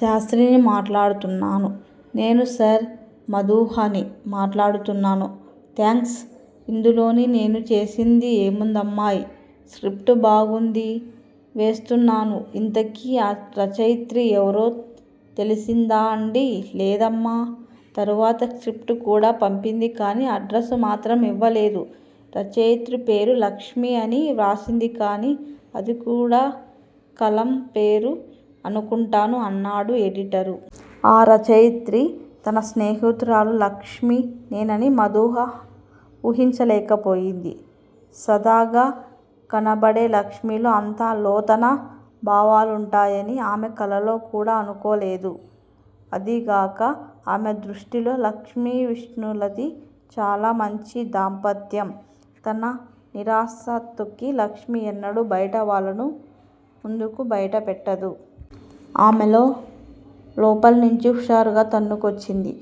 శాస్త్రిని మాట్లాడుతున్నాను నేను సర్. మదూహని మాట్లాడుతున్నాను. థాంక్స్. ఇందులో నేను చేసింది ఏముందమ్మాయ్. స్క్రిప్టు బావుంది. వేస్తున్నాను ఇంతకీ ఆ రచయిత్రి ఎవరో తెలిసిందాండీ లేదమ్మా, తరువాత స్క్రిప్టు కూడా పంపింది కానీ అడ్రసు మాత్రం ఇవ్వలేదు. రచయిత్రి పేరు 'లక్ష్మి' అని వ్రాసింది కానీ అది కూడా కలం పేరు అనుకుంటాను అన్నాడు ఎడిటరు. ఆ రచయిత్రి తన స్నేహితురాలు 'లక్ష్మే' నని మధూహ వూహించలేక పోయింది. సదాగా కనపడే లక్ష్మిలో అంత లోతన భావాలుంటాయని ఆమె కలలో కూడా అనుకోలేదు. అదీగాక ఆమె దృష్టిలో లక్ష్మి విష్ణులది చాలా మంచి దాంపత్యం. తన నిరాసక్తతని లక్ష్మి ఎన్నడూ బయట వాళ్లను ముందుకు బయట పెట్టదు. ఆమెలో లోపల్నుంచి హుషారు తన్నుకొచ్చింది.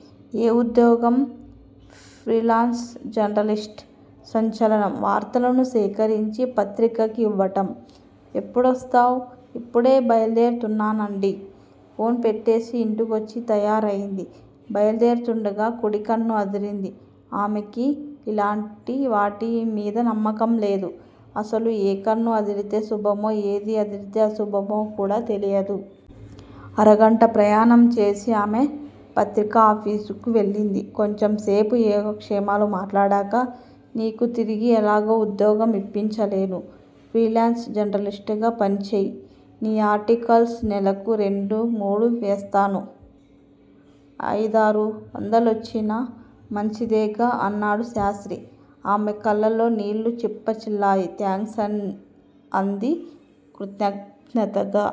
ఏ ఉద్యోగం? Freelance journalist. సంచలనం వార్తలని సేకరించి పత్రికకి ఇవ్వటం ఎప్పుడొస్తావ్? ఇప్పుడే బయల్దేరుతున్నానండి ఫోన్ పెట్టేసి ఇంటికొచ్చి తయారైంది. బయల్దేరుతుండగా కుడి కన్ను అదిరింది. ఆమెకి ఇలాటి వాటి మీద నమ్మకం లేదు. అసలు ఏ కన్ను అదిరితే శుభమో, ఏది అదిరితే అశుభమో కూడా తెలీదు. అరగంట ప్రయాణం చేసి ఆమె పత్రికాఫీసుకి వెళ్లింది. కొంచెంసేపు యోగక్షేమాలు మాట్లాడాక నీకు తిరిగి ఎలాగూ వుద్యోగం ఇప్పించలేను. ఫ్రీలాన్స్ జర్నలిస్టుగా పనిచెయ్యి. నీ ఆర్టికల్స్ నెలకు రెండు మూడు వేస్తాను. అయిదారు వందలొచ్చినా మంచిదేగా అన్నాడు శాస్త్రి. ఆమె కళ్ళలొ నీళ్ళు చిప్పిల్లాయి థాంక్స్ అన్ అంది కృతజ్ఞతగా.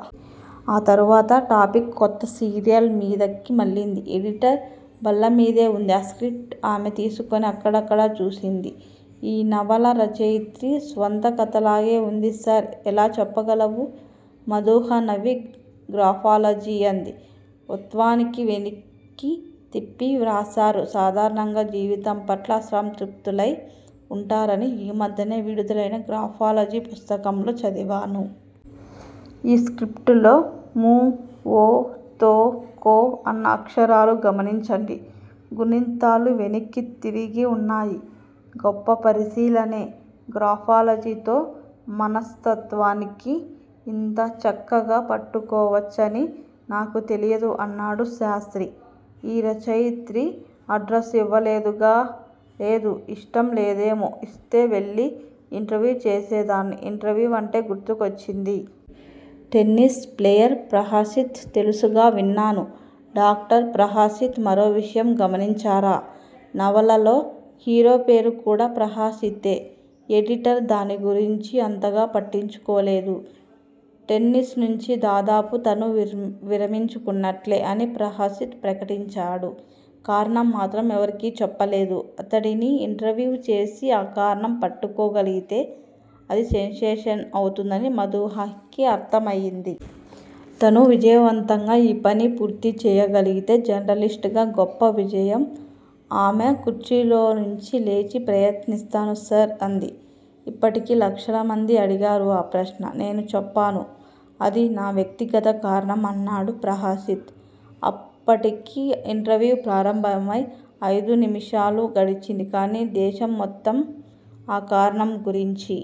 ఆ తరువాత టాపిక్ కొత్త సీరియల్ మీదికి మళ్లింది. ఎడిటర్ బల్లమీదే వుంది ఆ స్క్రిప్టు. ఆమె తీసుకుని అక్కడక్కడా చూసింది. ఈ నవల రచయిత్రి స్వంత కథలాగే వుంది సర్ ఎలా చెప్పగలవు? మధూహ నవ్వి గ్రాఫాలజీ అంది. ఓత్వాన్ని వెనక్కీ తిప్పి వ్రాసేవారు సాధారణంగా జీవితంపట్ల అసంతృప్తులై వుంటారని ఈ మధ్యనే విడుదలైన గ్రాఫాలజీ పుస్తకంలో చదివాను. ఈ స్క్రిప్టులో మొ, వొ, తొ, కొ అన్న అక్షరాలు గమనించండి. గుణింతాలు వెనక్కి తిరిగి వున్నాయి. గొప్ప పరిశీలనే. గ్రాఫాలజీతో మనస్తత్వాన్నికి ఇంత చక్కగా పట్టుకోవచ్చని నాకు తెలీయదు అన్నాడు శాస్త్రి. ఈ రచయిత్రి అడ్రసు ఇవ్వలేదుగా లేదు! ఇష్టం లేదేమో ఇస్తే వెళ్ళి ఇంటర్వ్యూ చేసేదాన్ని ఇంటర్వ్యూ అంటే గుర్తొకు వచ్చింది. టెన్నీస్ ప్లేయర్ ప్రహసిత్ తెలుసుగా విన్నాను. డాక్టర్ ప్రహసిత్. మీరో విషయం గమనించారా? నవలలో హీరో పేరు కూడా ప్రహసితే ఎడిటర్ దాని గురించి అంతగా పట్టించుకోలేదు. టెన్నీస్ నుంచి దాదాపు తను విరమించుకున్నట్టే అని ప్రహసిత్ ప్రకటించాడు. కారణం మాత్రం ఎవరికీ చెప్పలేదు. అతడిని ఇంటర్వ్యూ చేసి ఆ కారణం పట్టుకోగలిగితే అది సెన్సేషన్ అవుతుంది మదూహకి అర్థమైంది. తను విజయవంతంగా ఈ పని పూర్తిచేయగలిగితే జర్నలిస్ట్ గా గొప్ప విజయం! ఆమె కుర్చీలోనించి లేచి, ప్రయత్నిస్తాను సర్ అంది. ఇప్పటికి లక్షమంది అడిగారు ఆ ప్రశ్న. నేను చెప్పను. అది నా వ్యక్తిగత కారణం అన్నాడు ప్రహసిత్. అప్పటికి ఇంటర్వ్యూ ప్రారంభమై అయిదు నిముషాలు గడిచింది. కానీ దేశం మొత్తం ఆ కారణం గురించి